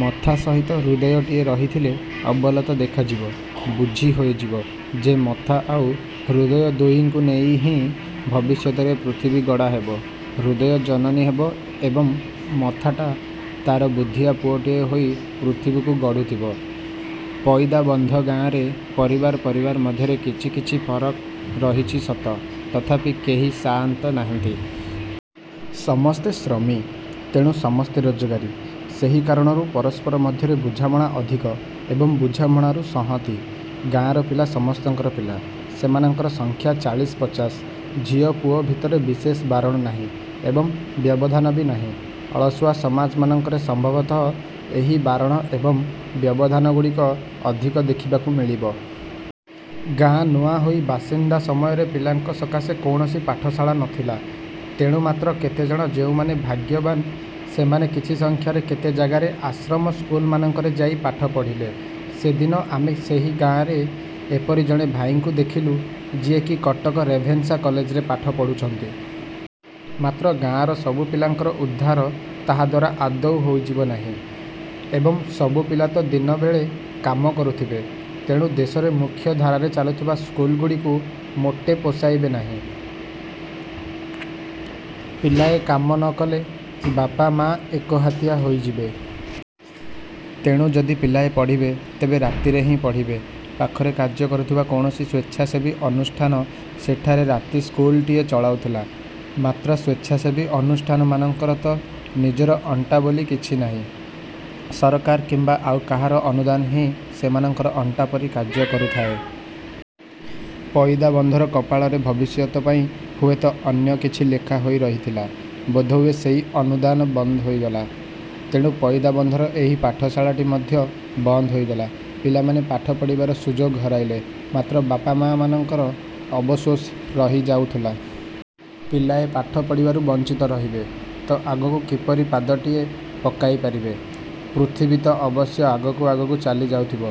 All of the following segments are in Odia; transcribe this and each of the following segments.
ମଥାସହିତ ହୃଦୟଟିଏ ରହିଥିଲେ ଅବଲତ ଦେଖାଯିବ ବୁଝି ହୋଇଯିବ ଯେ ମଥା ଆଉ ହୃଦୟ ଦୁହିଁଙ୍କୁ ନେଇ ହିଁ ଭବିଷ୍ୟତରେ ପୃଥିବୀ ଗଢ଼ା ହେବ। ହୃଦୟ ଜନନୀ ହେବ ଏବଂ ମଥାଟା ତା'ର ବୁଦ୍ଧିଆ ପୁଅଟିଏ ହୋଇ ପୃଥିବୀକୁ ଗଢୁଥିବ। ପଇଦାବନ୍ଧ ଗାଆଁରେ ପରିବାର ପରିବାର ମଧ୍ୟରେ କିଛି କିଛି ଫରକ ରହିଛି ସତ, ତଥାପି କେହି ସାଆନ୍ତ ନାହାନ୍ତି। ସମସ୍ତେ ଶ୍ରମୀ, ତେଣୁ ସମସ୍ତେ ରୋଜଗାରୀ। ସେହି କାରଣରୁ ପରସ୍ପର ମଧ୍ୟରେ ବୁଝାମଣା ଅଧିକ ଏବଂ ବୁଝାମଣାରୁ ସଂହତି। ଗାଆଁର ପିଲା ସମସ୍ତଙ୍କର ପିଲା। ସେମାନଙ୍କର ସଂଖ୍ୟା ଚାଳିଶ ପଚାଶ। ଝିଅ ପୁଅ ଭିତରେ ବିଶେଷ ବାରଣ ନାହିଁ ଏବଂବ୍ୟବଧାନ ବି ନାହିଁ। ଅଳସୁଆ ସମାଜ ମାନଙ୍କରେ ସମ୍ଭବତଃ ଏହି ବାରଣ ଏବଂ ବ୍ୟବଧାନଗୁଡ଼ିକ ଅଧିକ ଦେଖିବାକୁ ମିଳିବ। ଗାଆଁ ନୂଆ ହୋଇ ବସିବା ସମୟରେ ପିଲାଙ୍କ ସକାଶେ କୌଣସି ପାଠଶାଳା ନଥିଲା। ତେଣୁ ମାତ୍ର କେତେଜଣ ଯେଉଁମାନେ ଭାଗ୍ୟବାନ ସେମାନେ କିଛି ସଂଖ୍ୟାରେ କେତେ ଜାଗାରେ ଆଶ୍ରମ ସ୍କୁଲମାନଙ୍କରେ ଯାଇ ପାଠ ପଢ଼ିଲେ। ସେଦିନ ଆମେ ସେହି ଗାଆଁରେ ଏପରି ଜଣେ ଭାଇଙ୍କୁ ଦେଖିଲୁ ଯିଏକି କଟକ ରେଭେନ୍ସା କଲେଜରେ ପାଠ ପଢୁଛନ୍ତି। ମାତ୍ର, ଗାଆଁର ସବୁ ପିଲାଙ୍କର ଉଦ୍ଧାର ତାହାଦ୍ଵାରା ଆଦୌ ହୋଇଯିବ ନାହିଁ। ଏବଂ ସବୁ ପିଲା ତ ଦିନ ବେଳେ କାମ କରୁଥିବେ, ତେଣୁ ଦେଶରେ ମୁଖ୍ୟ ଧାରାରେ ଚାଲୁଥିବା ସ୍କୁଲଗୁଡ଼ିକୁ ମୋଟେ ପୋଷାଇବେ ନାହିଁ। ପିଲାଏ କାମ ନକଲେ ବାପା, ମାଆ ଏକହାତିଆ ହୋଇଯିବେ। ତେଣୁ ଯଦି ପିଲାଏ ପଢ଼ିବେ, ତେବେ ରାତିରେ ହିଁ ପଢ଼ିବେ। ପାଖରେ କାର୍ଯ୍ୟ କରୁଥିବା କୌଣସି ସ୍ୱେଚ୍ଛାସେବୀ ଅନୁଷ୍ଠାନ ସେଠାରେ ରାତି ଇସ୍କୁଲଟିଏ ଚଳାଉଥିଲା। ମାତ୍ର, ସ୍ଵେଚ୍ଛାସେବୀ ଅନୁଷ୍ଠାନମାନଙ୍କର ତ ନିଜର ଅଣ୍ଟା ବୋଲି କିଛି ନାହିଁ। ସରକାର କିମ୍ବା ଆଉ କାହାର ଅନୁଦାନ ହିଁ ସେମାନଙ୍କର ଅଣ୍ଟା ପରି କାର୍ଯ୍ୟ କରୁଥାଏ। ପଇଦାବନ୍ଧର କପାଳରେ ଭବିଷ୍ୟତ ପାଇଁ ହୁଏତ ଅନ୍ୟ କିଛି ଲେଖା ହୋଇ ରହିଥିଲା ବୋଧହୁଏ, ସେହି ଅନୁଦାନ ବନ୍ଦ ହୋଇଗଲା। ତେଣୁ ପଇଦାବନ୍ଧର ଏହି ପାଠଶାଳାଟି ମଧ୍ୟ ବନ୍ଦ ହୋଇଗଲା। ପିଲାମାନେ ପାଠ ପଢ଼ିବାର ସୁଯୋଗ ହରାଇଲେ। ମାତ୍ର, ବାପା ମାଆମାନଙ୍କର ଅବଶୋଷ ରହି ଯାଉଥିଲା। ପିଲାଏ ପାଠ ପଢ଼ିବାରୁ ବଂଚିତ ରହିବେ, ତ ଆଗକୁ କିପରି ପାଦଟିଏ ପକାଇ ପାରିବେ? ପୃଥିବୀତ ଅବଶ୍ୟ ଆଗକୁ ଆଗକୁ ଚାଲି ଯାଉଥିବ।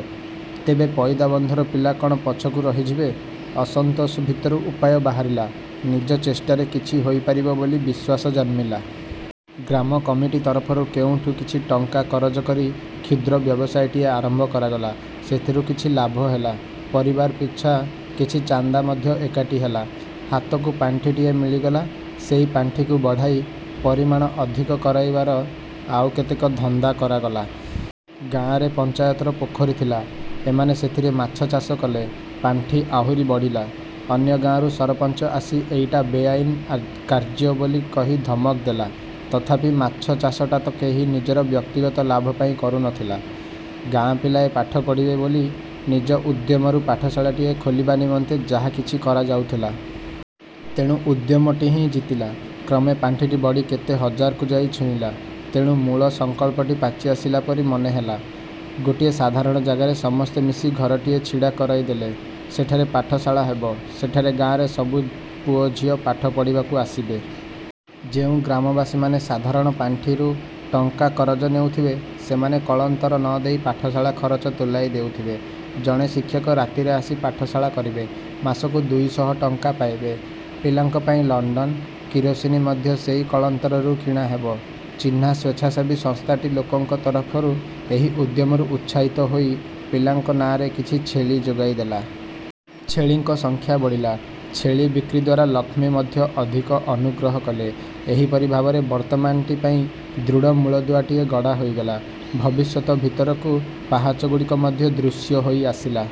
ତେବେ ପଇଦାବନ୍ଧର ପିଲା କ'ଣ ପଛକୁ ରହିଯିବେ? ଅସନ୍ତୋଷ ଭିତରୁ ଉପାୟ ବାହାରିଲା। ନିଜ ଚେଷ୍ଟାରେ କିଛି ହୋଇପାରିବ ବୋଲି ବିଶ୍ୱାସ ଜନ୍ମିଲା। ଗ୍ରାମ କମିଟି ତରଫରୁ କୋଉଠୁ କିଛି ଟଙ୍କା କରଜ କରି କ୍ଷୁଦ୍ର ବ୍ୟବସାୟଟିଏ ଆରମ୍ଭ କରାଗଲା। ସେଥିରୁ କିଛି ଲାଭ ହେଲା। ପରିବାର ପିଛା କିଛି ଚାନ୍ଦା ମଧ୍ୟ ଏକାଠି ହେଲା। ହାତକୁ ପାଣ୍ଠିଟିଏ ମିଳିଗଲା। ସେହି ପାଣ୍ଠିକୁ ବଢ଼ାଇ ପରିମାଣ ଅଧିକ କରାଇବାର ଆଉ କେତେକ ଧନ୍ଦା କରାଗଲା। ଗାଆଁରେ ପଞ୍ଚାୟତର ପୋଖରୀ ଥିଲା, ଏମାନେ ସେଥିରେ ମାଛଚାଷ କଲେ ପାଣ୍ଠି ଆହୁରି ବଢ଼ିଲା। ଅନ୍ୟ ଗାଆଁରୁ ସରପଞ୍ଚ ଆସି ଏଇଟା ବେଆଇନ କାର୍ଯ୍ୟ ବୋଲି କହି ଧମକ ଦେଲା, ତଥାପି, ମାଛଚାଷଟା ତ କେହି ନିଜର ବ୍ୟକ୍ତିଗତ ଲାଭ ପାଇଁ କରୁନଥିଲା? ଗାଆଁ ପିଲାଏ ପାଠ ପଢ଼ିବେ, ବୋଲି ନିଜ ଉଦ୍ୟମରୁ ପାଠଶାଳାଟିଏ ଖୋଲିବା ନିମନ୍ତେ ଯାହା କିଛି କରାଯାଉଥିଲା। ତେଣୁ ଉଦ୍ୟମଟି ହିଁ ଜିତିଲା। କ୍ରମେ ପାଣ୍ଠିଟି ବଢ଼ି କେତେ ହଜାରକୁ ଯାଇ ଛୁଇଁଲା। ତେଣୁ ମୂଳ ସଂକଳ୍ପଟି ପାଚି ଆସିଲା ପରି ମନେହେଲା। ଗୋଟିଏ ସାଧାରଣ ଜାଗାରେ ସମସ୍ତେ ମିଶି ଘରଟିଏ ଛିଡ଼ା କରାଇଦେଲେ। ସେଇଟା ପାଠଶାଳା ହେବ। ସେଠାରେ ଗାଆଁର ସବୁ ପୁଅଝିଅ ପାଠ ପଢ଼ିବାକୁ ଆସିବେ। ଯେଉଁ ଗ୍ରାମବାସୀମାନେ ସାଧାରଣ ପାଣ୍ଠିରୁ ଟଙ୍କା କରଜ ନେଉଥିବେ, ସେମାନେ କଳନ୍ତର ନଦେଇ ପାଠଶାଳା ଖରଚ ତୁଲାଇ ଦେଉଥିବେ। ଜଣେ ଶିକ୍ଷକ ରାତିରେ ଆସି ପାଠଶାଳା କରିବେ। ମାସକୁ ଦୁଇଶହ ଟଙ୍କା ପାଇବେ। ପିଲାଙ୍କ ପାଇଁ ଲଣ୍ଡନ, କିରୋସିନି ମଧ୍ୟ ସେଇ କଳନ୍ତରରୁ କିଣାହେବ। ଚିହ୍ନା ସ୍ୱେଚ୍ଛାସେବୀ ସଂସ୍ଥାଟି ଲୋକଙ୍କ ତରଫରୁ ଏହି ଉଦ୍ୟମରୁ ଉତ୍ସାହିତ ହୋଇ ପିଲାଙ୍କ ନାମରେ କିଛି ଛେଳି ଯୋଗାଇଦେଲା। ଛେଳିଙ୍କ ସଂଖ୍ୟା ବଢ଼ିଲା। ଛେଳି ବିକ୍ରିଦ୍ଵାରା ଲକ୍ଷ୍ମୀ ମଧ୍ୟ ଅଧିକ ଅନୁଗ୍ରହ କଲେ। ଏହିପରି ଭାବରେ ବର୍ତ୍ତମାନଟି ପାଇଁ ଦୃଢ଼ ମୁଳଦୁଆଟିଏ ଗଢ଼ା ହୋଇଗଲା। ଭବିଷ୍ୟତ ଭିତରକୁ ପାହାଚଗୁଡ଼ିକ ମଧ୍ୟ ଦୃଶ୍ୟ ହୋଇ ଆସିଲା।